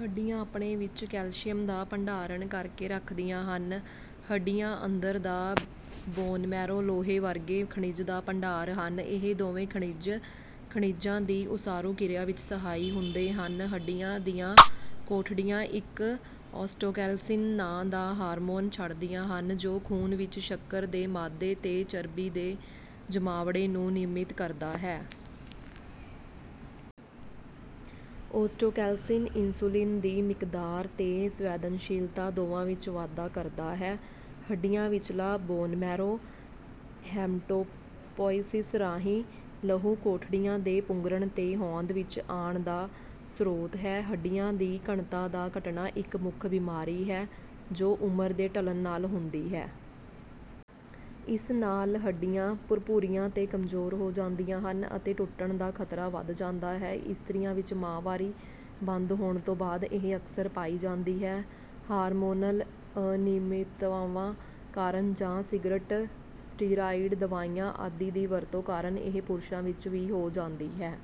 ਹੱਡੀਆਂ ਆਪਣੇ ਵਿੱਚ ਕੈਲਸ਼ੀਅਮ ਦਾ ਭੰਡਾਰਣ ਕਰਕੇ ਰੱਖਦੀਆਂ ਹਨ ਹੱਡੀਆ ਅੰਦਰ ਦਾ ਬੋਨਮੈਰੋ ਲੋਹੇ ਵਰਗੇ ਖਣਿਜ ਦਾ ਭੰਡਾਰ ਹਨ। ਇਹ ਦੋਵੇਂ ਖਣਿਜ ,ਖਣਿਜਾਂ ਦੀ ਉਸਾਰੂ ਕਿਰਿਆ ਵਿੱਚ ਸਹਾਈ ਹੁੰਦੇ ਹਨ। ਹੱਡੀਆ ਦੀਆ ਕੋਠੜੀਆਂ ਇੱਕ ਔਸਟੋਕੈਲਸਿਨ ਨਾਂ ਦਾ ਹਾਰਮੋਨ ਛੱਡਦੀਆਂ ਹਨ ਜੋ ਖੂਨ ਵਿੱਚ ਸ਼ੱਕਰ ਦੇ ਮਾਦੇ ਤੇ ਚਰਬੀ ਦੇ ਜਮਾਵੜੇ ਨੂੰ ਨਿਯਮਿਤ ਕਰਦਾ ਹੈ। ਔਸਟੋਕੈਲਸਿਨ ਇੰਸੂਲਿਨ ਦੀ ਮਿਕਦਾਰ ਤੇ ਸੰਵੇਦਨਸ਼ੀਲਤਾ ਦੋਵਾਂ ਵਿੱਚ ਵਾਧਾ ਕਰਦਾ ਹੈ। ਹੱਡੀਆਂ ਵਿਚਲਾ ਬੋਨਮੈਰੋ ਹੈਮਟੋਪੋਇਸਿਸ ਰਾਹੀਂ ਲਹੂ ਕੋਠੜੀਆਂ ਦੇ ਪੁੰਗਰਣ ਤੇ ਹੌਂਦ ਵਿੱਚ ਆਣ ਦਾ ਸ੍ਰੋਤ ਹੈ। ਹੱਡੀਆਂ ਦੀ ਘਣਤਾ ਦਾ ਘਟਣਾ ਇੱਕ ਮੁਖ ਬਿਮਾਰੀ ਹੈ ਜੋ ਉਮਰ ਦੇ ਢਲਣ ਨਾਲ ਹੁੰਦੀ ਹੈ। ਇਸ ਨਾਲ ਹੱਡੀਆਂ ਭੁਰਭੁਰੀਆਂ ਤੇ ਕਮਜੋਰ ਹੋ ਜਾਂਦੀਆਂ ਹਨ ਅਤੇ ਟੁੱਟਣ ਦਾ ਖ਼ਤਰਾ ਵੱਧ ਜਾਂਦਾ ਹੈ। ਇਸਤਰੀਆਂ ਵਿੱਚ ਮਾਹਵਾਰੀ ਬੰਦ ਹੋਣ ਤੌਂ ਬਾਦ ਇਹ ਅਕਸਰ ਪਾਈ ਜਾਂਦੀ ਹੈ। ਹਾਰਮੋਨਲ ਅਨਿਯਮਿਤਾਵਾਂ ਕਾਰਨ ਜਾਂ ਸਿਗਰਟ, ਸਟੀਰਾਇਡ ਦਵਾਈਆਂ ਆਦਿ ਦੀ ਵਰਤੋਂ ਕਾਰਨ ਇਹ ਪੁਰਸ਼ਾਂ ਵਿੱਚ ਵੀ ਹੋ ਜਾਂਦੀ ਹੈ।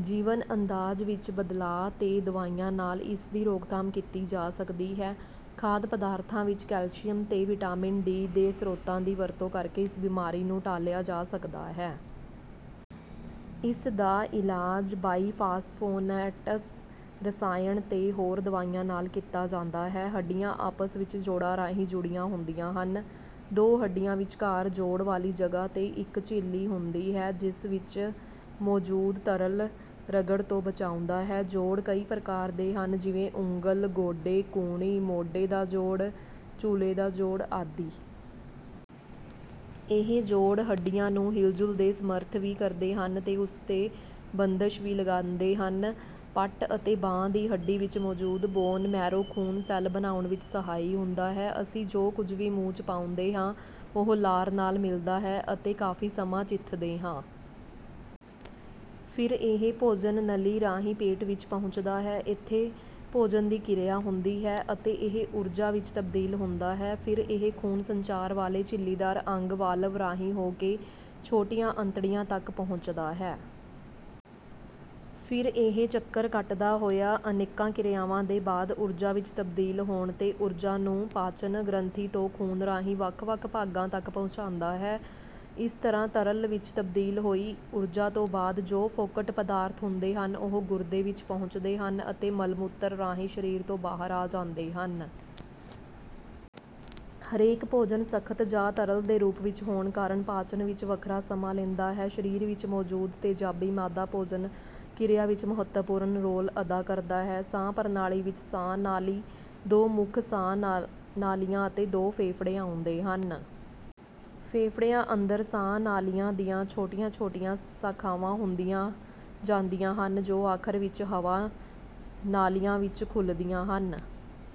ਜੀਵਨ ਅੰਦਾਜ਼ ਵਿੱਚ ਬਦਲਾਅ ਤੇ ਦਵਾਈਆਂ ਨਾਲ ਇਸ ਦੀ ਰੋਕਥਾਮ ਕੀਤੀ ਜਾ ਸਕਦੀ ਹੈ। ਖਾਧ ਪਦਾਰਥਾਂ ਵਿੱਚ ਕੈਲਸ਼ੀਅਮ ਤੇ ਵਿਟਾਮਿਨ ਡੀ ਦੇ ਸ੍ਰੋਤਾਂ ਦੀ ਵਰਤੋਂ ਕਰਕੇ ਇਸ ਬਿਮਾਰੀ ਨੂੰ ਟਾਲਿਆ ਜਾ ਸਕਦਾ ਹੈ। ਇਸ ਦਾ ਇਲਾਜ ਬਾਈਫਾਸਫੋਨੇਟਸ ਰਸਾਇਣ ਤੇ ਹੋਰ ਦਵਾਈਆਂ ਨਾਲ ਕੀਤਾ ਜਾਂਦਾ ਹੈ। ਹੱਡੀਆਂ ਆਪਸ ਵਿੱਚ ਜੋੜਾਂ ਰਾਹੀਂ ਜੁੜੀਆਂ ਹੁੰਦੀਆ ਹਨ। ਦੋ ਹੱਡੀਆਂ ਵਿਚਕਾਰ ਜੋੜ ਵਾਲੀ ਜਗਾਹ 'ਤੇ ਇੱਕ ਝਿੱਲੀ ਹੁੰਦੀ ਹੈ ਜਿਸ ਵਿੱਚ ਮੌਜ਼ੂਦ ਤਰਲ ਰਗੜ ਤੋਂ ਬਚਾਉਂਦਾ ਹੈ ਜੋੜ ਕਈ ਪ੍ਰਕਾਰ ਦੇ ਹਨ ਜਿਵੇਂ ਉਂਗਲ, ਗੋਡੇ, ਕੂਹਣੀ, ਮੋਢੇ ਦਾ ਜੋੜ, ਚੂਲੇ ਦਾ ਜੋੜ ਆਦਿ। ਇਹ ਜੋੜ ਹੱਡੀਆਂ ਨੂੰ ਹਿਲਜੁਲ ਦੇ ਸਮਰੱਥ ਵੀ ਕਰਦੇ ਹਨ ਤੇ ਉਸ ਤੇ ਬੰਦਸ਼ ਵੀ ਲਗਾਂਦੇ ਹਨ। ਪੱਟ ਅਤੇ ਬਾਂਹ ਦੀ ਹੱਡੀ ਵਿੱਚ ਮੌਜੂਦ ਬੋਨ ਮੈਰੋ ਖੂਨ ਸੈੱਲ ਬਣਾਓੁਣ ਵਿੱਚ ਸਹਾਈ ਹੁੰਦਾ ਹੈ ਅਸੀਂ ਜੋ ਕੁਝ ਵੀ ਮੂੰਹ ਚ ਪਾਉਂਦੇ ਹਾਂ, ਉਹ ਲਾਰ ਨਾਲ ਮਿਲਦਾ ਹੈ ਅਤੇ ਕਾਫ਼ੀ ਸਮਾਂ ਚਿੱਥਦੇ ਹਾਂ। ਫਿਰ ਇਹ ਭੋਜਨ ਨਲੀ ਰਾਹੀਂ ਪੇਟ ਵਿੱਚ ਪਹੁੰਚਦਾ ਹੈ। ਇੱਥੇ ਭੋਜਨ ਦੀ ਕਿਰਿਆ ਹੁੰਦੀ ਹੈ ਅਤੇ ਇਹ ਊੁਰਜਾ ਵਿੱਚ ਤਬਦੀਲ ਹੁੰਦਾ ਹੈ। ਫਿਰ ਇਹ ਖੂਨ ਸੰਚਾਰ ਵਾਲੇ ਝਿੱਲੀਦਾਰ ਅੰਗ ਵਾਲਵ ਰਾਹੀਂ ਹੋ ਕੇ ਛੋਟੀਆਂ ਅੰਤੜੀਆਂ ਤਕ ਪਹੁੰਚਦਾ ਹੈ। ਫਿਰ ਇਹ ਚੱਕਰ ਕੱਟਦਾ ਹੋਇਆ ਅਨੇਕਾਂ ਕਿਰਿਆਵਾਂ ਦੇ ਬਾਅਦ ਊਰਜਾ ਵਿੱਚ ਤਬਦੀਲ ਹੋਣ ਤੇ ਉੂਰਜਾ ਨੂੰ ਪਾਚਨ ਗ੍ਰੰਥੀ ਤੋਂ ਖੂਨ ਰਾਹੀਂ ਵੱਖ-ਵੱਖ ਭਾਗਾਂ ਤਕ ਪਹੁੰਚਦਾ ਹੈ। ਇਸ ਤਰ੍ਹਾਂ ਤਰਲ ਵਿੱਚ ਤਬਦੀਲ ਹੋਈ ਊਰਜਾ ਤੋਂ ਬਾਅਦ ਜੋ ਫੋਕਟ ਪਦਾਰਥ ਹੁੰਦੇ ਹਨ, ਉਹ ਗੁਰਦੇ ਵਿੱਚ ਪਹੁੰਚਦੇ ਹਨ ਅਤੇ ਮਲ-ਮੂਤਰ ਰਾਹੀਂ ਸਰੀਰ ਤੋਂ ਬਾਹਰ ਆ ਜਾਂਦੇ ਹਨ। ਹਰੇਕ ਭੋਜਨ ਸਖ਼ਤ ਜਾਂ ਤਰਲ ਦੇ ਰੂਪ ਵਿੱਚ ਹੋਣ ਕਾਰਨ ਪਾਚਨ ਵਿੱਚ ਵੱਖਰਾ ਸਮਾਂ ਲੈਂਦਾ ਹੈ। ਸਰੀਰ ਵਿੱਚ ਮੌਜੂਦ ਤੇਜ਼ਾਬੀ ਮਾਦਾ ਭੋਜਨ ਕਿਰਿਆ ਵਿੱਚ ਮਹੱਤਵਪੂਰਨ ਰੋਲ ਅਦਾ ਕਰਦਾ ਹੈ ਸਾਹ-ਪ੍ਰਣਾਲੀ ਵਿੱਚ ਸਾਹ-ਨਾਲੀ, ਦੋ ਮੁੱਖ ਸਾਹ-ਨਾਲੀਆਂ ਅਤੇ ਦੋ ਫੇਫੜੇ ਆਉਂਦੇ ਹਨ। ਫੇਫੜਿਆਂ ਅੰਦਰ ਸਾਹ-ਨਾਲੀਆਂ ਦੀਆਂ ਛੋਟੀਆਂ-ਛੋਟੀਆਂ ਸ਼ਾਖ਼ਾਵਾਂ ਹੁੰਦੀਆਂ ਜਾਂਦੀਆਂ ਹਨ ਜੋ ਆਖ਼ਰ ਵਿੱਚ ਹਵਾ ਨਾਲੀਆਂ ਵਿੱਚ ਖੁੱਲ੍ਹਦੀਆਂ ਹਨ।